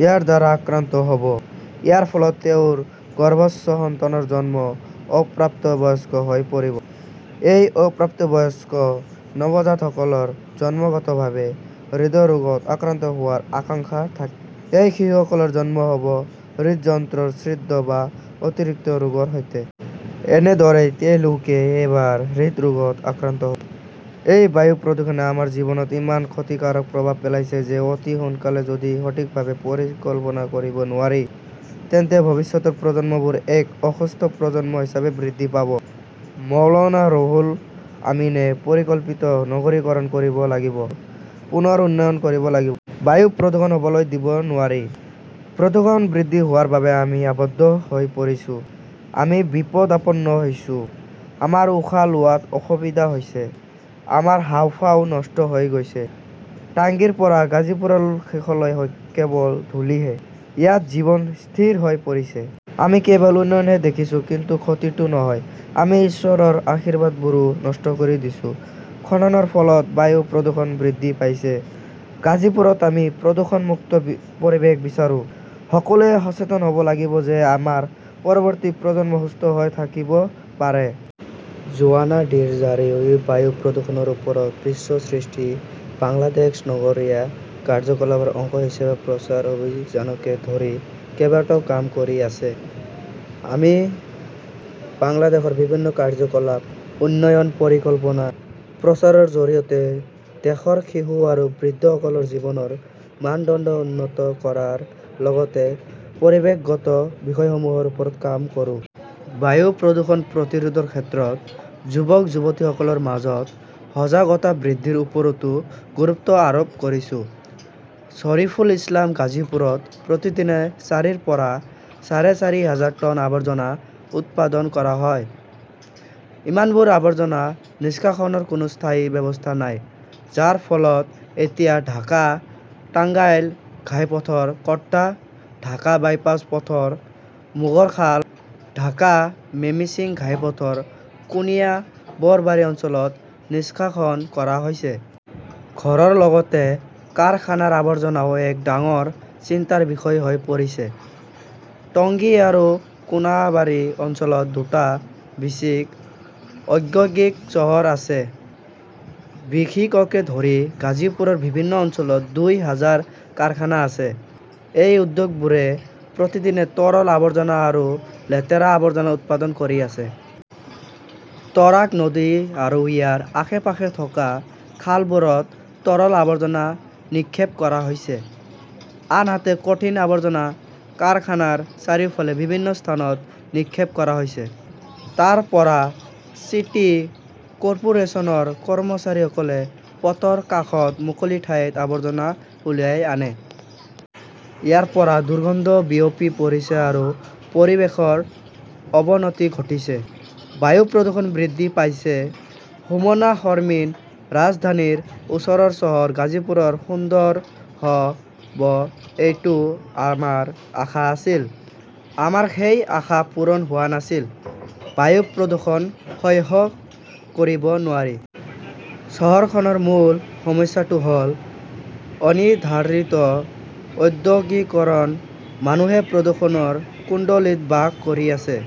ইয়াৰ দ্বাৰা আক্ৰান্ত হ 'ব। ইয়াৰ ফলত তেওঁৰ গৰ্ভস্থ সন্তানৰ জন্ম অপ্ৰাপ্তবয়স্ক হৈ পৰিব। এই অপ্ৰাপ্তবয়স্ক নৱজাতকসকলৰ জন্মগতভাৱে হৃদৰোগত আক্ৰান্ত হোৱাৰ আশংকা থাকে। এই শিশুসকলৰ জন্ম হ’ব হৃদযন্ত্ৰৰ ছিদ্ৰ বা অতিৰিক্ত ৰোগৰ সৈতে। এনেদৰেই তেওঁলোকে এবাৰ হৃদৰোগত আক্ৰান্ত হ’ব। এই বায়ু প্ৰদূষণে আমাৰ জীৱনত ইমান ক্ষতিকাৰক প্ৰভাৱ পেলাইছে যে অতি সোনকালে যদি সঠিকভাৱে পৰিকল্পনা কৰিব নোৱাৰি, তেন্তে ভৱিষ্যতৰ প্ৰজন্মবোৰ এক অসুস্থ প্ৰজন্ম হিচাপে বৃদ্ধি পাব। মৌলানা ৰুহুল আমিনে পৰিকল্পিত নগৰীকৰণ কৰিব লাগিব, পুনৰ উন্নয়ন কৰিব লাগিব। বায়ু প্ৰদূষণ হ’বলৈ দিব নোৱাৰি। প্ৰদূষণ বৃদ্ধি হোৱাৰ বাবে আমি আবদ্ধ হৈ পৰিছো। আমি বিপদাপন্ন হৈছো। আমাৰ উশাহ লোৱাত অসুবিধা হৈছে। আমাৰ হাঁওফাঁও নষ্ট হৈ গৈছে। টাংগীৰ পৰা গাজিপুৰৰ শেষলৈকে কেৱল ধূলিহে। ইয়াত জীৱন স্থিৰ হৈ পৰিছে। আমি কেৱল উন্নয়নহে দেখিছোঁ, কিন্তু ক্ষতিটো নহয়। আমি ঈশ্বৰৰ আশীৰ্বাদবোৰো নষ্ট কৰি দিছো। খননৰ ফলত বায়ু প্ৰদূষণ বৃদ্ধি পাইছে। গাজিপুৰত আমি প্ৰদূষণমুক্ত পৰিৱেশ বিচাৰো। সকলোৱে সচেতন হ 'ব লাগিব যে আমাৰ পৰৱৰ্তী প্ৰজন্ম সুস্থ হৈ থাকিব পাৰে। জোৱানা ডি ৰ 'জাৰিঅ' ই বায়ু প্ৰদূষণৰ ওপৰত বিশ্ব দৃষ্টি বাংলাদেশ নগৰীয় কাৰ্যকলাপৰ অংশ হিচাপে প্ৰচাৰ অভিযানকে ধৰি কেইবাটাও কাম কৰি আছে। আমি বাংলাদেশৰ বিভিন্ন কাৰ্যকলাপ, উন্নয়ন পৰিকল্পনা, প্ৰচাৰৰ জৰিয়তে দেশৰ শিশু আৰু বৃদ্ধসকলৰ জীৱনৰ মানদণ্ড উন্নত কৰাৰ লগতে পৰিৱেশগত বিষয়সমূহৰ ওপৰত কাম কৰো। বায়ু প্ৰদূষণ প্ৰতিৰোধৰ ক্ষেত্ৰত যুৱক-যুৱতীসকলৰ মাজত সজাগতা বৃদ্ধিৰ ওপৰতো গুৰুত্ব আৰোপ কৰিছো। শৰীফুল ইছলাম গাজীপুৰত প্ৰতিদিনে চাৰিৰ পৰা চাৰে চাৰি হাজাৰ টন আৱৰ্জনা উৎপাদন কৰা হয়। ইমানবোৰ আৱৰ্জনা নিষ্কাশনৰ কোনো স্থায়ী ব্যৱস্থা নাই, যাৰ ফলত এতিয়া ঢাকা-টাঙ্গাইল ঘাইপথৰ কড্ডা, ঢাকা-বাইপাছ পথৰ মোগৰখাল, ঢাকা-মেমিন্সিং ঘাইপথৰ কুনিয়া বৰবাৰী অঞ্চলত নিষ্কাশন কৰা হৈছে। ঘৰৰ লগতে কাৰখানাৰ আৱৰ্জনাও এক ডাঙৰ চিন্তাৰ বিষয় হৈ পৰিছে। টংগী আৰু কোনাবাৰী অঞ্চলত দুটা বিচিক ঔদ্যোগিক চহৰ আছে। বিসিককে ধৰি গাজীপুৰৰ বিভিন্ন অঞ্চলত দুই হাজাৰ কাৰখানা আছে। এই উদ্যোগবোৰে প্ৰতিদিনে তৰল আৱৰ্জনা আৰু লেতেৰা আৱৰ্জনা উৎপাদন কৰি আছে। তৰাগ নদী আৰু ইয়াৰ আশে-পাশে থকা খালবোৰত তৰল আৱৰ্জনা নিক্ষেপ কৰা হৈছে, আনহাতে কঠিন আৱৰ্জনা কাৰখানাৰ চাৰিওফালে বিভিন্ন স্থানত নিক্ষেপ কৰা হৈছে। তাৰ পৰা চিটি কৰ্পোৰেচনৰ কৰ্মচাৰীসকলে পথৰ কাষত মুকলি ঠাইত আৱৰ্জনা উলিয়াই আনে। ইয়াৰ পৰা দুৰ্গন্ধ বিয়পি পৰিছে আৰু পৰিৱেশৰ অৱনতি ঘটিছে। বায়ু প্ৰদূষণ বৃদ্ধি পাইছে। সুমনা শৰ্মিন ৰাজধানীৰ ওচৰৰ চহৰ গাজীপুৰ সুন্দৰ হ 'ব এইটো আমাৰ আশা আছিল। আমাৰ সেই আশা পূৰণ হোৱা নাছিল। বায়ু প্ৰদূষণ সহ্য কৰিব নোৱাৰি। চহৰখনৰ মূল সমস্যাটো হ’ল অনিৰ্ধাৰিত ঔদ্যোগিকৰণ। মানুহে প্ৰদূষণৰ কুণ্ডলীত বাস কৰি আছে।